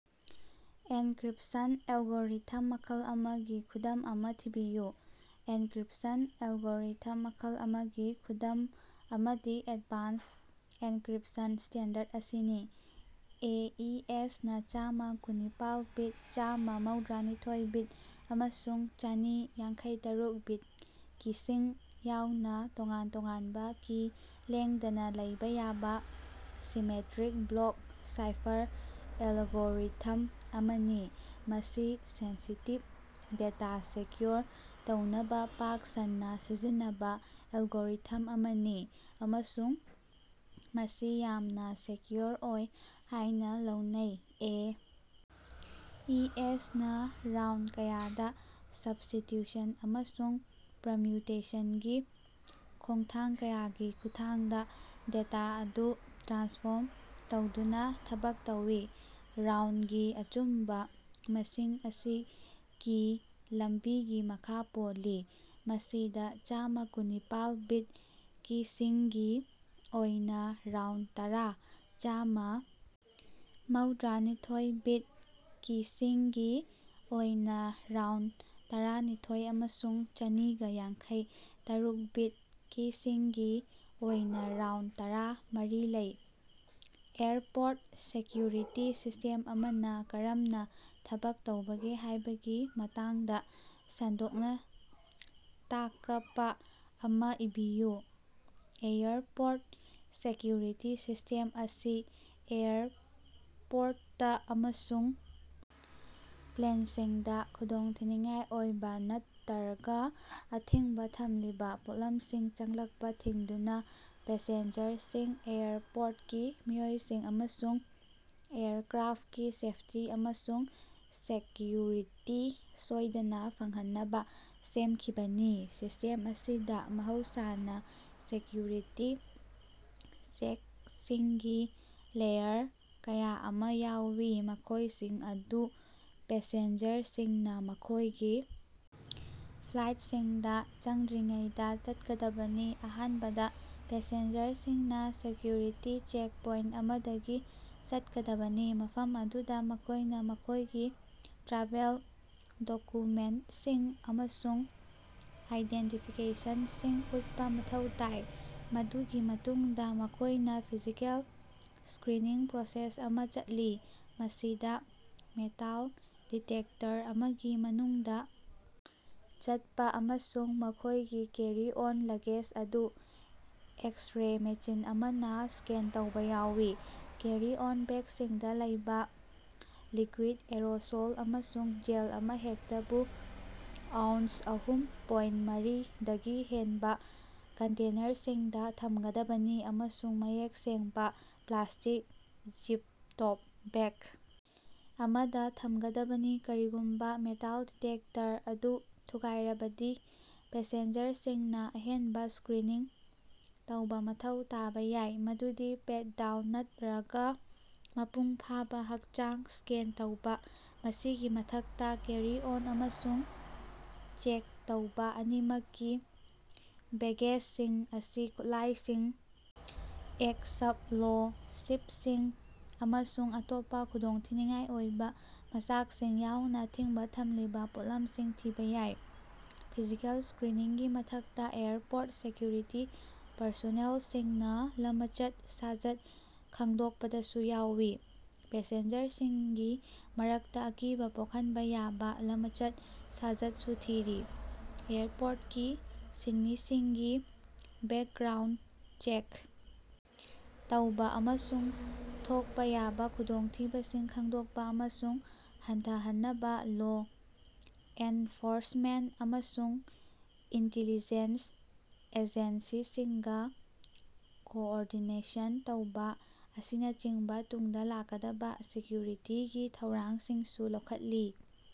Encryption algorithm ꯃꯈꯜ ꯑꯃꯒꯤ ꯈꯨꯗꯝ ꯑꯃꯥ ꯊꯤꯕꯤꯌꯨ꯫ ꯑꯦꯟꯀ꯭ꯔꯤꯞꯁꯟ ꯑꯦꯜꯒꯣꯔꯤꯊꯝ ꯃꯈꯜ ꯑꯃꯒꯤ ꯈꯨꯗꯝ ꯑꯃꯗꯤ ꯑꯦꯗꯚꯥꯟꯁ ꯑꯦꯟꯀ꯭ꯔꯤꯞꯁꯟ ꯁ꯭ꯇꯦꯟꯗꯔꯗ ꯑꯁꯤꯅꯤ꯫ ꯑꯦ. ꯏ. ꯑꯦꯁ. ꯅꯥ ꯆꯥꯝꯃ ꯀꯨꯟꯅꯤꯄꯥꯜꯕꯤꯠ, ꯆꯥꯝꯃ ꯃꯧꯗ꯭ꯔꯥꯅꯤꯊꯣꯏ-ꯕꯤꯠ, ꯑꯃꯁꯨꯡ ꯆꯥꯅꯤ ꯌꯥꯡꯈꯩꯇꯔꯨꯛ-ꯕꯤꯠ ꯀꯤꯁꯤꯡ ꯌꯥꯎꯅ ꯇꯣꯉꯥꯟ ꯇꯣꯉꯥꯟꯕ ꯀꯤ ꯂꯦꯡꯗꯅ ꯂꯩꯕ ꯌꯥꯕ ꯁꯤꯃꯦꯇ꯭ꯔꯤꯛ ꯕ꯭ꯂꯣꯛ ꯁꯥꯏꯐꯔ ꯑꯦꯂꯒꯣꯔꯤꯊꯝ ꯑꯃꯅꯤ꯫ ꯃꯁꯤ ꯁꯦꯟꯁꯤꯇꯤꯞ ꯗꯦꯇꯥ ꯁꯦꯀ꯭ꯌꯨꯔ ꯇꯧꯅꯕ ꯄꯥꯛ ꯁꯟꯅ ꯁꯤꯖꯤꯟꯅꯕ ꯑꯦꯜꯒꯣꯔꯤꯊꯝ ꯑꯃꯅꯤ ꯑꯃꯁꯨꯡ ꯃꯁꯤ ꯌꯥꯝꯅ ꯁꯦꯀ꯭ꯌꯨꯔ ꯑꯣꯏ ꯍꯥꯏꯅ ꯂꯧꯅꯩ꯫ ꯑꯦ. ꯏ. ꯑꯦꯁ. ꯅ ꯔꯥꯎꯟꯗ ꯀꯌꯥꯗ ꯁꯕ꯭ꯁꯇꯤꯇ꯭ꯌꯨꯁꯟ ꯑꯃꯁꯨꯡ ꯄ꯭ꯔꯃꯨꯇꯦꯁꯟꯒꯤ ꯈꯣꯡꯊꯥꯡ ꯀꯌꯥꯒꯤ ꯈꯨꯠꯊꯥꯡꯗ ꯗꯦꯇꯥ ꯑꯗꯨ ꯇ꯭ꯔꯥꯟꯁꯐ꯭ꯣꯔꯝ ꯇꯧꯗꯨꯅ ꯊꯕꯛ ꯇꯧꯏ꯫ ꯔꯥꯎꯟꯗꯒꯤ ꯑꯆꯨꯝꯕꯥ ꯃꯁꯤꯡ ꯑꯁꯤ ꯀꯤ ꯂꯝꯕꯤꯒꯤ ꯃꯈꯥ ꯄꯣꯜꯂꯤ, ꯃꯁꯤꯗꯥ ꯆꯥꯝꯃ ꯀꯨꯟꯅꯤꯄꯥꯜ-ꯕꯤꯠ ꯀꯤꯁꯤꯡꯒꯤ ꯑꯣꯏꯅ ꯔꯥꯎꯟꯗ ꯇꯔꯥ, ꯆꯥꯝꯃ ꯃꯧꯗ꯭ꯔꯥꯅꯤꯊꯣꯏ-ꯕꯤꯠ ꯀꯤꯁꯤꯡꯒꯤ ꯑꯣꯏꯅ ꯔꯥꯎꯟꯗ ꯇꯔꯥꯅꯤꯊꯣꯏꯑꯃꯁꯨꯡ ꯆꯅꯤꯒ ꯌꯥꯡꯈꯩ ꯇꯔꯨꯛ-ꯕꯤꯠ ꯀꯤꯁꯤꯡꯒꯤ ꯑꯣꯏꯅꯥ ꯔꯥꯎꯟꯗ ꯇꯔꯥ ꯃꯔꯤ ꯂꯩ꯫ ꯑꯦꯌꯔꯄꯣꯔꯠ ꯁꯦꯀ꯭ꯌꯨꯔꯤꯇꯤ ꯁꯤꯁ꯭ꯇꯦꯝ ꯑꯃꯅ ꯀꯔꯝꯅꯥ ꯊꯕꯛ ꯇꯧꯕꯒꯦ ꯍꯥꯏꯕꯒꯤ ꯃꯇꯥꯡꯗꯥ ꯁꯟꯗꯣꯛꯅꯥ ꯇꯥꯀꯄꯥ ꯑꯃꯥ ꯏꯕꯤꯌꯨ꯫ ꯑꯦꯌꯔꯄꯣꯔꯠ ꯁꯦꯀ꯭ꯌꯨꯔꯤꯇꯤ ꯁꯤꯁ꯭ꯇꯦꯝ ꯑꯁꯤ ꯑꯦꯌꯔꯄꯣꯔꯠꯇ ꯑꯃꯁꯨꯡ ꯄ꯭ꯂꯦꯟꯁꯤꯡꯗ ꯈꯨꯗꯣꯡꯊꯤꯅꯤꯡꯉꯥꯏ ꯑꯣꯏꯕ ꯅꯠꯇꯔꯒ ꯑꯊꯤꯡꯕ ꯊꯝꯂꯤꯕ ꯄꯣꯠꯂꯝꯁꯤꯡ ꯆꯪꯂꯛꯄ ꯊꯤꯡꯗꯨꯅ ꯄꯦꯁꯦꯟꯖꯔꯁꯤꯡ, ꯑꯦꯌꯔꯄꯣꯔꯠꯀꯤ ꯃꯤꯑꯣꯏꯁꯤꯡ, ꯑꯃꯁꯨꯡ ꯑꯦꯌꯔꯀ꯭ꯔꯥꯐꯀꯤ ꯁꯦꯐꯇꯤ ꯑꯃꯁꯨꯡ ꯁꯦꯀꯌꯨꯔꯤꯇꯤ ꯁꯣꯏꯗꯅ ꯐꯪꯍꯟꯅꯕ ꯁꯦꯝꯈꯤꯕꯅꯤ꯫ ꯁꯤꯁ꯭ꯇꯦꯝ ꯑꯁꯤꯗ ꯃꯍꯧꯁꯥꯅ ꯁꯦꯀꯌꯨꯔꯤꯇꯤ ꯆꯦꯛꯁꯤꯡꯒꯤ ꯂꯦꯌꯔ ꯀꯌꯥ ꯑꯃ ꯌꯥꯎꯏ, ꯃꯈꯣꯏꯁꯤꯡ ꯑꯗꯨ ꯄꯦꯁꯦꯟꯖꯔꯁꯤꯡꯅ ꯃꯈꯣꯏꯒꯤ ꯐ꯭ꯂꯥꯏꯠꯁꯤꯡꯗ ꯆꯪꯗ꯭ꯔꯤꯉꯩꯗ ꯆꯠꯀꯗꯕꯅꯤ꯫ ꯑꯍꯥꯟꯕꯗ, ꯄꯦꯁꯦꯟꯖꯔꯁꯤꯡꯅ ꯁꯦꯀ꯭ꯌꯨꯔꯤꯇꯤ ꯆꯦꯛꯄꯣꯏꯟꯠ ꯑꯃꯗꯒꯤ ꯆꯠꯀꯗꯕꯅꯤ, ꯃꯐꯝ ꯑꯗꯨꯗ ꯃꯈꯣꯏꯅ ꯃꯈꯣꯏꯒꯤ ꯇ꯭ꯔꯥꯚꯦꯜ ꯗꯣꯛꯀꯨꯃꯦꯟꯠꯁꯤꯡ ꯑꯃꯁꯨꯡ ꯑꯥꯏꯗꯦꯟꯇꯤꯐꯤꯀꯦꯁꯟꯁꯤꯡ ꯎꯠꯄ ꯃꯊꯧ ꯇꯥꯏ꯫ ꯃꯗꯨꯒꯤ ꯃꯇꯨꯡꯗ, ꯃꯈꯣꯏꯅ ꯐꯤꯖꯤꯀꯦꯜ ꯁ꯭ꯀꯔꯤꯅꯤꯡ ꯄ꯭ꯔꯣꯁꯦꯁ ꯑꯃ ꯆꯠꯂꯤ, ꯃꯁꯤꯗ ꯃꯦꯇꯥꯜ ꯗꯤꯇꯦꯛꯇꯔ ꯑꯃꯒꯤ ꯃꯅꯨꯡꯗꯥ ꯆꯠꯄ ꯑꯃꯁꯨꯡ ꯃꯈꯣꯏꯒꯤ ꯀꯦꯔꯤ-ꯑꯣꯟ ꯂꯒꯦꯖ ꯑꯗꯨ ꯑꯦꯛꯁ-ꯔꯦ ꯃꯦꯁꯤꯟ ꯑꯃꯅ ꯁ꯭ꯀꯦꯟ ꯇꯧꯕ ꯌꯥꯎꯏ꯫ ꯀꯦꯔꯤ-ꯑꯣꯟ ꯕꯦꯒꯁꯤꯡꯗ ꯂꯩꯕ ꯂꯤꯀ꯭ꯌꯨꯏꯗ, ꯑꯦꯔꯣꯁꯣꯜ ꯑꯃꯁꯨꯡ ꯖꯦꯜ ꯑꯃꯍꯦꯛꯇꯕꯨ ꯑꯎꯟꯁꯑꯍꯨꯝ ꯄꯣꯏꯟ ꯃꯔꯤ ꯗꯒꯤ ꯍꯦꯟꯕ ꯀꯟꯇꯦꯅꯔꯁꯤꯡꯗ ꯊꯝꯒꯗꯕꯅꯤ ꯑꯃꯁꯨꯡ ꯃꯌꯦꯛ ꯁꯦꯡꯕ, ꯄ꯭ꯂꯥꯁ꯭ꯇꯤꯛ, ꯖꯤꯞ-ꯇꯣꯞ ꯕꯦꯒ ꯑꯃꯗ ꯊꯝꯒꯗꯕꯅꯤ꯫ ꯀꯔꯤꯒꯨꯝꯕ ꯃꯦꯇꯥꯜ ꯗꯤꯇꯦꯛꯇꯔ ꯑꯗꯨ ꯊꯨꯒꯥꯏꯔꯕꯗꯤ, ꯄꯦꯁꯦꯟꯖꯔꯁꯤꯡꯅ ꯑꯍꯦꯟꯕꯥ ꯁ꯭ꯀꯔꯤꯅꯤꯡ ꯇꯧꯕ ꯃꯊꯧ ꯇꯥꯕ ꯌꯥꯏ, ꯃꯗꯨꯗꯤ ꯄꯦꯠ-ꯗꯥꯎꯟ ꯅꯠꯇꯔꯒ ꯃꯄꯨꯡ ꯐꯥꯕ ꯍꯛꯆꯥꯡ ꯁ꯭ꯀꯦꯟ ꯇꯧꯕ꯫ ꯃꯁꯤꯒꯤ ꯃꯊꯛꯇ, ꯀꯦꯔꯤ ꯑꯣꯟ ꯑꯃꯁꯨꯡ ꯆꯦꯛ ꯇꯧꯕꯥ ꯑꯅꯤꯃꯛꯀꯤ ꯕꯦꯒꯦꯖꯁꯤꯡ ꯑꯁꯤ ꯈꯨꯠꯂꯥꯏꯁꯤꯡ, ꯑꯦꯛꯁꯞꯂꯣꯁꯤꯚꯁꯤꯡ ꯑꯃꯁꯨꯡ ꯑꯇꯣꯞꯄꯥ ꯈꯨꯗꯣꯡꯊꯤꯅꯤꯡꯉꯥꯏ ꯑꯣꯏꯕ ꯃꯆꯥꯛꯁꯤꯡ ꯌꯥꯎꯅ ꯑꯊꯤꯡꯕ ꯊꯝꯂꯤꯕ ꯄꯣꯠꯂꯝꯁꯤꯡ ꯊꯤꯕ ꯌꯥꯏ꯫ ꯐꯤꯖꯤꯀꯦꯜ ꯁ꯭ꯀꯔꯤꯅꯤꯡꯒꯤ ꯃꯊꯛꯇ, ꯑꯦꯌꯔꯄꯣꯔꯠ ꯁꯦꯀ꯭ꯌꯨꯔꯤꯇꯤ ꯄꯔꯁꯣꯅꯦꯜꯁꯤꯡꯅ ꯂꯃꯆꯠ-ꯁꯥꯖꯠ ꯈꯪꯗꯣꯛꯄꯗꯁꯨ ꯌꯥꯎꯏ, ꯄꯦꯁꯦꯟꯖꯔꯁꯤꯡꯒꯤ ꯃꯔꯛꯇ ꯑꯀꯤꯕ ꯄꯣꯛꯍꯟꯕ ꯌꯥꯕꯥ ꯂꯝꯆꯠ-ꯁꯥꯖꯠ ꯁꯨ ꯊꯤꯔꯤ꯫ ꯑꯦꯌꯔꯄꯣꯔꯠꯀꯤ ꯁꯤꯟꯃꯤꯁꯤꯡꯒꯤ ꯕꯦꯛꯒ꯭ꯔꯥꯎꯟꯗ ꯆꯦꯛ ꯇꯧꯕ ꯑꯃꯁꯨꯡ ꯊꯣꯛꯄ ꯌꯥꯕ ꯈꯨꯗꯣꯡꯊꯤꯕꯁꯤꯡ ꯈꯪꯗꯣꯛꯄ ꯑꯃꯁꯨꯡ ꯍꯟꯊꯍꯟꯅꯕ ꯂꯣ ꯑꯦꯟꯐꯣꯔꯁꯃꯦꯟꯠ ꯑꯃꯁꯨꯡ ꯏꯟꯇꯤꯂꯤꯖꯦꯟꯁ ꯑꯦꯖꯦꯟꯁꯤꯁꯤꯡꯒ ꯀꯣꯑꯣꯔꯗꯤꯅꯦꯁꯟ ꯇꯧꯕ ꯑꯁꯤꯅꯆꯤꯡꯕ ꯇꯨꯡꯗ ꯂꯥꯛꯀꯗꯕ ꯁꯦꯀ꯭ꯌꯨꯔꯤꯇꯤꯒꯤ ꯊꯧꯔꯥꯡꯁꯤꯡꯁꯨ ꯂꯧꯈꯠꯂꯤ꯫